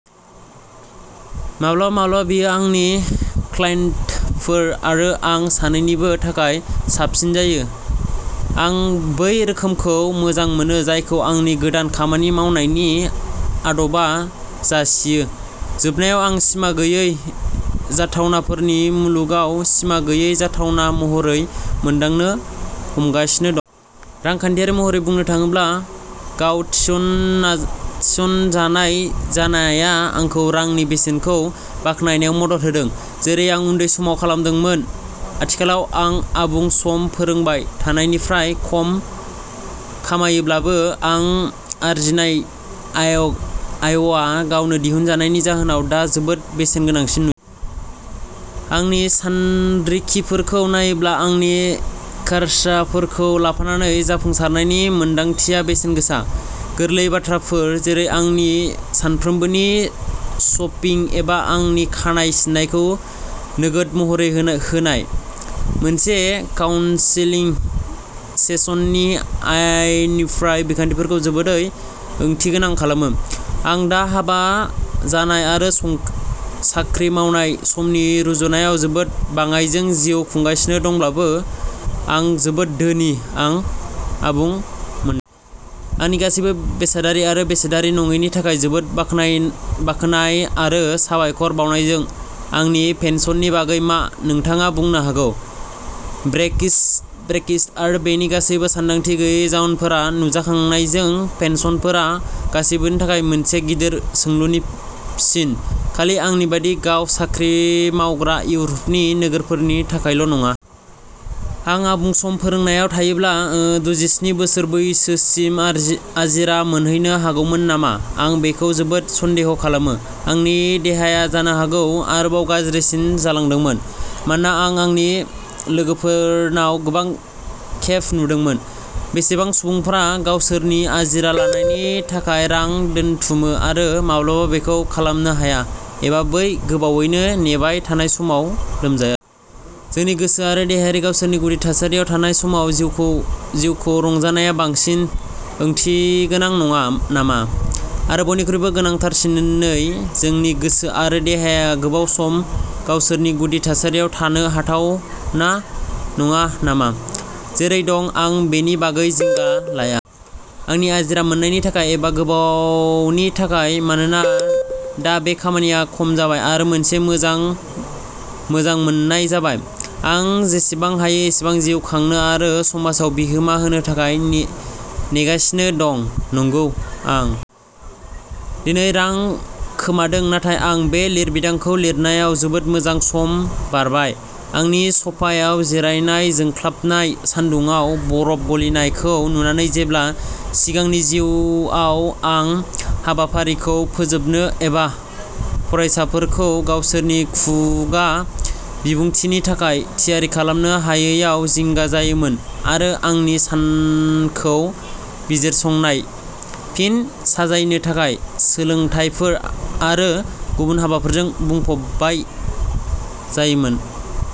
माब्लाबा माब्लाबा बेयो आंनि क्लाइन्टफोर आरो आं सानैनिबो थाखाय साबसिन जायो। आं बै रोखोमखौ मोजां मोनो जायखौ आंनि गोदान खामानि मावनायनि आदबा जासियो। जोबनायाव आं सिमा गैयै जाथावनाफोरनि मुलुगाव सिमा गैयै जाथावना महरै मोनदांनो हमगासिनो दं। रांखान्थियारि महरै बुंनो थाङोब्ला, गाव थिस'ना थिसनजानाय जानाया आंखौ रांनि बेसेनखौ बाखनायनायाव मदद होदों, जेरै आं उन्दै समाव खालामदोंमोन। आथिखालाव आं आबुं सम फोरोंबाय थानायनिफ्राय खम खामायोब्लाबो, आं आरजिनाय आयग आयआ गावनो दिहुनजानायनि जाहोनाव दा जोबोद बेसेनगोनांसिन नुयो। आंनि सानरिखिफोरखौ नायोब्ला, आंनि खार्साफोरखौ लाफानानै जाफुंसारनायनि मोनदांथिया बेसेनगोसा। गोरलै बाथ्राफोर, जेरै आंनि सानफ्रोमबोनि शपिं एबा आंनि खानाय सिननायखौ नोगोद महरै होनो होनाय, मोनसे काउन्सेलिं सेसननि आयनिफ्राय, बिखान्थिखौ जोबोदै ओंथिगोनां खालामो। आं दा हाबा जानाय आरो सं साख्रि मावनाय समनि रुजुनायाव जोबोद बाङाइजों जिउ खुंगासिनो दंब्लाबो, आं जोबोद धोनि, आं आबुं मोन। आंनि गासिबो बेसादारि आरो बेसादारि नङैनि थाखाय जोबोद बाखनाय बाखनाय आरो साबायखर बावनायजों। आंनि पेन्सननि बागै मा, नोंथाङा बुंनो हागौ? ब्रेकिसट ब्रेकिसट आरो बेनि गासैबो सानदांथि गैयै जाउनफोरा नुजाखांनायजों, पेन्सनफोरा गासिबोनि थाखाय मोनसे गिदिर सोंलुनि सिन, खालि आंनि बायदि गाव-साख्रि मावग्रा इउर'पनि नोगोरारिफोरनि थाखायल'नङा। आं आबुं-सम फोरोंनायाव थायोब्ला ओ दजिस्नि बोसोर बैसोसिम आर आजिरा मोनहैनो हागौमोन नामा? आं बेखौ जोबोद सन्देह खालामो। आंनि देहाया जानो हागौ आरोबाव गाज्रिसिन जालांदोंमोन, मानोना आं आंनि लोगोफोरनाव गोबां खेब नुदोंमोन। बेसेबां सुबुंफोरा गावसोरनि आजिरा लानायनि थाखाय रां दोनथुमो आरो माब्लाबाबो बेखौ खालामनो हाया, एबा बै गोबावै नेबाय थानाय समाव लोमजायो। जोंनि गोसो आरो देहायारि गावसोरनि गुदि थासारियाव थानाय समाव जिउखौ जिउखौ रंजानाया बांसिन ओंथिगोनां नङा नामा? आरो बयनिख्रुइबो गोनांथारसिनै, जोंनि गोसो आरो देहाया गोबाव सम गावसोरनि गुदि थासारियाव थानो हाथावना नङा नामा? जेरै दं, आं बेनि बागै जिंगा लाया। आंनि आजिरा मोन्नायनि थाखाय एबा गोबावनि थाखाय। मानोना, दा बे खामानिया खम जाबाय आरो मोनसे मोजां मोजांमोननाय जाबाय, आं जेसेबां हायो एसेबां जिउ खांनो आरो समाजआव बिहोमा होनो थाखाय ने नेगासिनो दं। नंगौ। आं दिनै रां खोमादों नाथाय आं बे लिरबिदांखौ लिरनायाव जोबोद मोजां सम बारबाय, आंनि स'फायाव जिरायनाय जोंख्लाबनाय सान्दुंआव बरफ गलिनायखौ नुनानै जेब्ला सिगांनि जिउआव आं हाबाफारिखौ फोजोबनो एबा फरायसाफोरखौ गावसोरनि खुगा बिबुंथिनि थाखाय थियारि खालामनो हायैयाव जिंगा जायोमोन, आरो आंनि सानखौ बिजिरसंनाय, फिन साजायनो थाखाय सोलोंथायफोर आरो गुबुन हाबाफोरजों बुंफबनाय जायोमोन।